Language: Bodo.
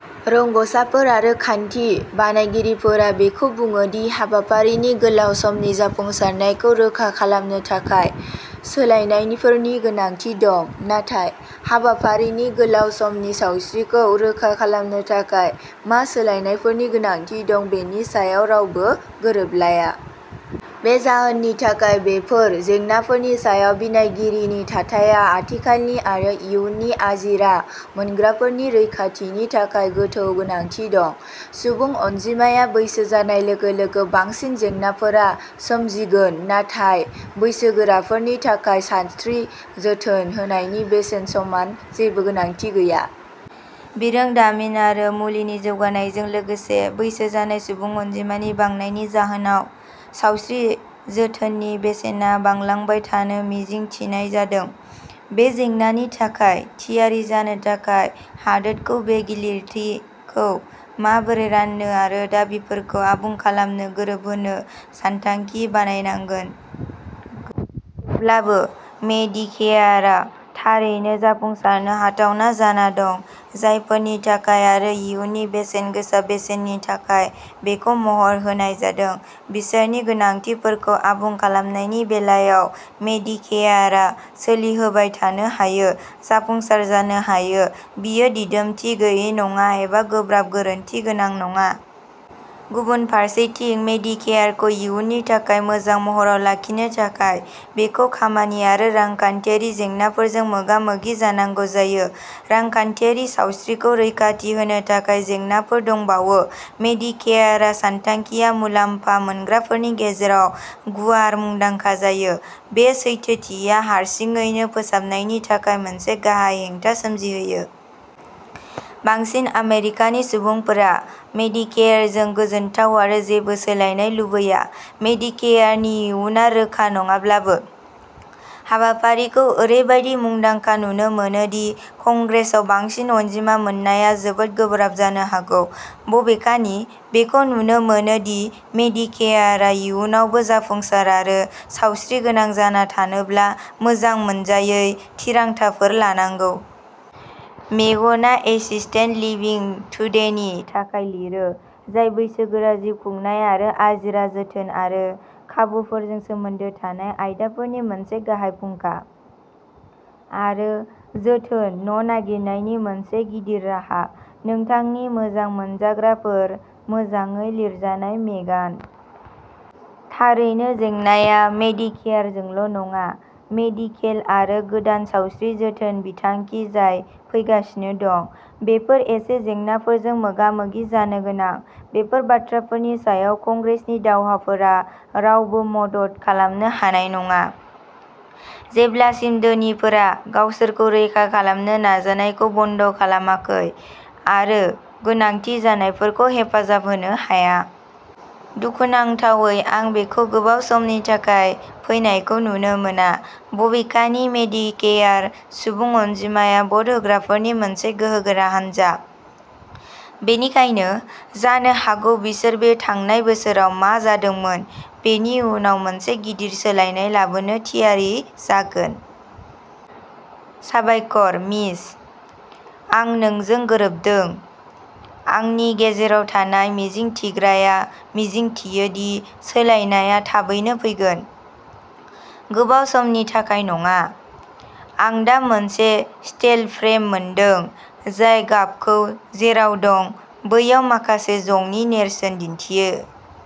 रोंग'साफोर आरो खान्थि बानायगिरिफोरा बेखौ बुङो दि हाबाफारिनि गोलाव समनि जाफुंसारनायखौ रोखा खालामनो थाखाय सोलायनायफोरनि गोनांथि दं, नाथाय हाबाफारिनि गोलाव समनि सावस्रिखौ रोखा खालामनो थाखाय मा सोलायनायफोरनि गोनांथि दं बेनि सायाव रावबो गोरोबलाया। बे जाहोननि थाखाय, बेफोर जेंनाफोरनि सायाव बिनायगिरिनि थाथाइया आथिखालनि आरो इयुननि आजिरा मोनग्राफोरनि रैखाथिनि थाखाय गोथौ गोनांथि दं। सुबुं अनजिमाया बैसो जानाय लोगो-लोगो बांसिन जेंनाफोर सोमजिगोन नाथाय बैसोगोराफोरनि थाखाय सानस्रि जोथोन होनायनि बेसेननि समान जेबो गोनांथि गैया। बिरोंदामिन आरो मुलिनि जौगानायजों लोगोसे बैसो जानाय सुबुं अनजिमानि बांनायनि जाहोनाव सावस्रि जोथोननि बेसेना बांलांबाय थानो मिजिं थिनाय जादों। बे जेंनानि थाखाय थियारि जानो थाखाय हादोरखौ बे गिलिरथिखौ माबोरै राननो आरो दाबिफोरखौ आबुं खालामनो गोरोबहोनो सानथांखि बानायनांगौ। थेवब्लाबो, मेडिकेयारआ थारैनो जाफुंसारनो हाथावना जाना दं। जायफोरनि थाखाय आरो इयुननि बेसेनगोसा बेसेननि थाखाय बेखौ महर होनाय जादों, बिसोरनि गोनांथिफोरखौ आबुं खालामनायनि बेलायाव, मेडिकेयारआ सोलिहोबाय थानो हायो। जाफुंसार जानो हायो। बेयो दिदोमथि गैयै नङा एबा गोब्राब गोरोन्थि गोनां नङा। गुबुन फारसेथिं मेडिकेयारखौ इयुननि थाखाय मोजां महराव लाखिनो थाखाय, बेखौ खामानि आरो रांखान्थियारि जेंनाफोरजों मोगा-मोगि जानांगौ जायो। रांखान्थियारि सावस्रिखौ रैखाथि होनो थाखाय जेंनाफोर दंबावो। मेडिकेयार सानथांखिआ मुलामफा मोनग्राफोरनि गेजेराव गुवार मुंदांखा जायो। बे सैथोथिया हारसिङैनो फोसाबनायनि थाखाय मोनसे गाहाय हेंथा सोमजिहोयो। बांसिन आमेरिकानि सुबुंफोरा मेडिकेयारजों गोजोनथाव आरो जेबो सोलायनाय लुबैया। मेडिकेयारनि इयुनआ रोखा नङाब्लाबो हाबाफारिखौ ओरैबायदि मुंदांखा नुनो मोनो दि कंग्रेसआव बांसिन अनजिमा मोननाया जोबोद गोब्राब जानो हागौ। बबेखानि बेखौ नुनो मोनो दि मेडिकेयारआ इयुनावबो जाफुंसार आरो सावस्रिगोनां जाना थानोब्ला मोजां मोनजायै थिरांथाफोर लानांगौ। मेगनआ एसिस्टेड लिभिं टुडेनि थाखाय लिरो जाय बैसोगोरा जिउ खुंनाय आरो आजिरा जोथोन आरो खाबुफोरजों सोमोन्दो थानाय आयदाफोरनि मोनसे गाहाय फुंखा आरो जोथोन न'नागिरनायनि मोनसे गिदिर राहा। नोंथांनि मोजां मोनजाग्राफोर। मोजाङै लिरजानाय मेगान। थारैनो, जेंनाआ मेडिकेयारजोंल'नङा। मेडिकेल आरो गोदान सावस्रि जोथोन बिथांखि जाय फैगासिनो दं, बेफोर एखे जेंनाफोरजों मोगा-मोगि जानो गोनां। बेफोर बाथ्राफोरनि सायाव कंग्रेसनि दावहाफोरा रावबो मदद खालामनो हानाय नङा जेब्लासिम धोनिफोरा गावसोरखौ रैखा खालामनो नाजानायखौ बन्द'खालामाखै आरो गोनांथि जानायफोरखौ हेफाजाब होनो हाया। दुखुनांथावै, आं बेखौ गोबाव समनि थाखाय फैनायखौ नुनो मोना। बबेखानि मेडिकेयार सुबुं अनजिमाया भट होग्राफोरनि मोनसे गोहोगोरा हानजा, बेनिखायनो जानो हागौ बिसोर बे थांनाय बोसोराव मा जादोंमोन बेनि उनाव मोनसे गिदिर सोलायनाय लाबोनो थियारि जागोन। साबायखर, मिच आं नोंजों गोरोबदों। आंनि गेजेराव थानाय मिजिंथिग्राया मिजिंथियो दि सोलायनायआ थाबैनो फैगोन गोबाव समनि थाखाय नङा। आं दा मोनसे स्टेल फ्रेम मोनदों जाय गाबखौ जेराव दं, बैयाव माखासे जंनि नेरसोन दिन्थियो।